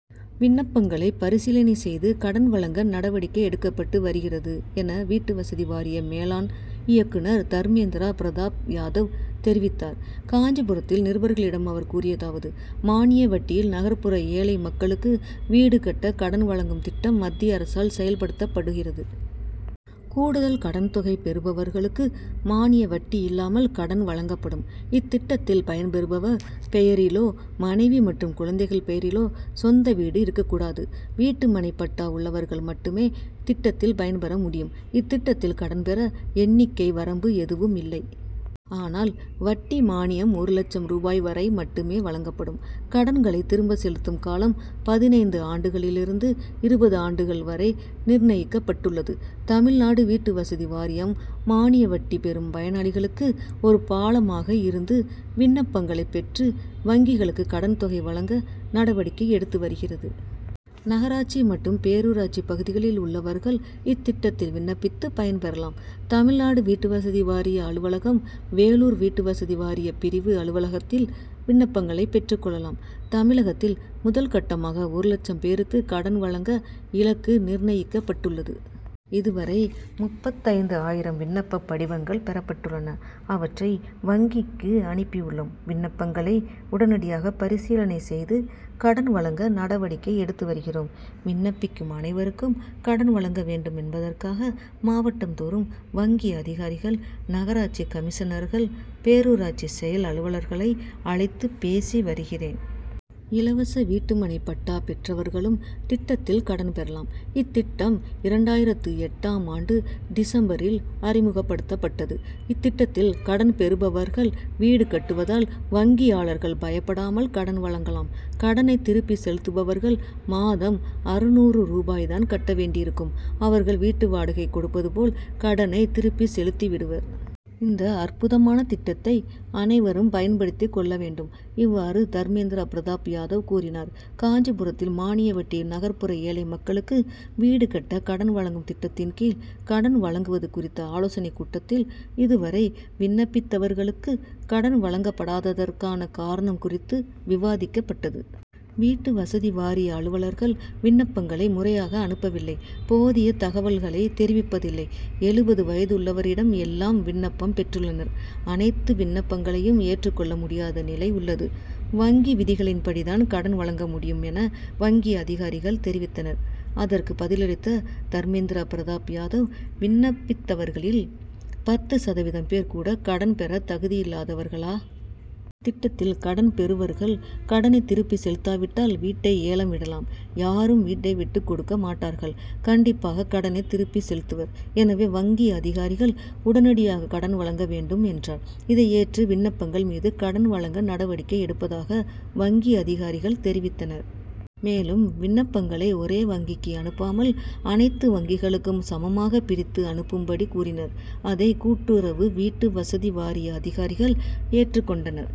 விண்ணப்பங்களை பரிசீலனை செய்து கடன் வழங்க நடவடிக்கை எடுக்கப்பட்டு வருகிறது என வீட்டு வசதி வாரிய மேலாண் இயக்குனர் தர்மேந்திரா பிரதாப் யாதவ் தெரிவித்தார். காஞ்சிபுரத்தில் நிருபர்களிடம் அவர் கூறியதாவது:மானிய வட்டியில் நகர்ப்புற ஏழை மக்களுக்கு வீடு கட்ட கடன் வழங்கும் திட்டம் மத்திய அரசால் செயல்படுத்தப்படுகிறது. கூடுதல் கடன் தொகை பெறுபவர்களுக்கு மானிய வட்டி இல்லாமல் கடன் வழங்கப்படும். இத்திட்டத்தில் பயன்பெறுபவர் பெயரிலோ, மனைவி மற்றும் குழந்தைகள் பெயரிலோ சொந்த வீடு இருக்கக் கூடாது. வீட்டுமனைப் பட்டா உள்ளவர்கள் மட்டுமே திட்டத்தில் பயன்பெற முடியும். இத்திட்டத்தில் கடன் பெற எண்ணிக்கை வரம்பு எதுவும் இல்லை. ஆனால், வட்டி மானியம் ஒரு லட்சம் ரூபாய் வரை மட்டுமே வழங்கப்படும். கடன்களை திரும்ப செலுத்தும் காலம், பதினைந்து ஆண்டுகளிலிருந்து இருபது ஆண்டுகள் வரை நிர்ணயிக்கப்பட்டுள்ளது. தமிழ்நாடு வீட்டு வசதி வாரியம் மானிய வட்டி பெறும் பயனாளிகளுக்கு ஒரு பாலமாக இருந்து விண்ணப்பங்களைப் பெற்று வங்கிகளுக்கு கடன் தொகை வழங்க நடவடிக்கை எடுத்து வருகிறது. நகராட்சி மற்றும் பேரூராட்சிப் பகுதிகளில் உள்ளவர்கள் இத்திட் டத்தில் விண்ணப்பித்து பயன்பெறலாம். தமிழ்நாடு வீட்டு வசதி வாரிய அலுவலகம், வேலூர் வீட்டு வசதி வாரியப் பிரிவு அலுவலகத்தில் விண்ணப்பங்களைப் பெற்றுக் கொள்ளலாம். தமிழகத்தில் முதல் கட்டமாக ஒரு லட்சம் பேருக்கு கடன் வழங்க இலக்கு நிர்ணயிக்கப்பட்டுள்ளது. இதுவரை முப்பத்தைந்து ஆயிரம் விண்ணப்பப் படிவங்கள் பெறப் பட்டுள்ளன. அவற்றை வங்கிக்கு அனுப்பியுள்ளோம். விண்ணப்பங்களை உடனடியாக பரிசீலனை செய்து கடன் வழங்க நடவடிக்கை எடுத்து வருகிறோம். விண்ணப்பிக்கும் அனைவருக்கும் கடன் வழங்க வேண்டும் என்பதற்காக மாவட்டம்தோறும் வங்கி அதிகாரிகள், நகராட்சி கமிஷனர்கள், பேரூராட்சி செயல் அலுவலர்களை அழைத்து பேசி வருகிறேன். இலவச வீட்டுமனைப்பட்டா பெற்றவர்களும் திட்டத்தில் கடன் பெறலாம். இத்திட்டம் இரண்டாயிரத்து எட்டாம் ஆண்டு டிசம்பரில் அறிமுகப்படுத்தப்பட்டது. இத்திட்டத்தில் கடன் பெறுபவர்கள் வீடு கட்டுவதால் வங்கியாளர்கள் பயப்படாமல் கடன் வழங்கலாம். கடனை திருப்பி செலுத்துபவர்கள் மாதம் அறுநூறு ரூபாய் தான் கட்ட வேண்டியிருக்கும். அவர்கள் வீட்டு வாடகை கொடுப்பதுபோல் கடனை திருப்பி செலுத்திவிடுவர். இந்த அற்புதமான திட்டத்தை அனைவரும் பயன்படுத்திக் கொள்ள வேண்டும். இவ்வாறு தர்மேந்திரா பிரதாப் யாதவ் கூறினார். காஞ்சிபுரத்தில் மானிய வட்டியில் நகர்ப்புற ஏழை மக்களுக்கு வீடு கட்ட கடன் வழங்கும் திட்டத்தின் கீழ் கடன் வழங்குவது குறித்த ஆலோசனைக் கூட்டத்தில் இதுவரை விண்ணப்பித்தவர்களுக்கு கடன் வழங்கப்படாததற்கான காரணம் குறித்து விவாதிக்கப்பட்டது. வீட்டு வசதி வாரிய அலுவலர்கள் விண்ணப்பங்களை முறையாக அனுப்பவில்லை. போதிய தகவல்களை தெரிவிப்பதில்லை. எழுபது வயதுள்ளவரிடம் எல்லாம் விண்ணப்பம் பெற்றுள்ளனர். அனைத்து விண்ணப்பங்களையும் ஏற்றுக்கொள்ள முடியாத நிலை உள்ளது. வங்கி விதிகளின்படிதான் கடன் வழங்க முடியும் என, வங்கி அதிகாரிகள் தெரிவித்தனர். அதற்கு பதிலளித்த தர்மேந் திரா பிரதாப் யாதவ், விண்ணப்பித்தவர்களில் பத்து சதவீதம் பேர் கூட கடன் பெற தகுதியில்லாதவர்களா? இத்திட்டத்தில் கடன் பெறுவர்கள் கடனை திருப்பி செலுத்தாவிட்டால் வீட்டை ஏலம் விடலாம். யாரும் வீட்டை விட்டுக் கொடுக்க மாட்டார்கள். கண்டிப்பாக கடனை திருப்பி செலுத்துவர். எனவே வங்கி அதிகாரிகள் உடனடியாக கடன் வழங்க வேண்டும்,'' என்றார். இதை ஏற்று விண்ணப்பங்கள் மீது கடன் வழங்க நடவடிக்கை எடுப்பதாக வங்கி அதிகாரிகள் தெரிவித்தனர். மேலும் விண்ணப் பங்களை ஒரே வங்கிக்கு அனுப்பாமல் அனைத்து வங்கிகளுக்கும் சமமாக பிரித்து அனுப்பும்படி கூறினர். அதை கூட்டுறவு வீட்டு வசதி வாரிய அதிகாரிகள் ஏற்றுக் கொண்டனர்.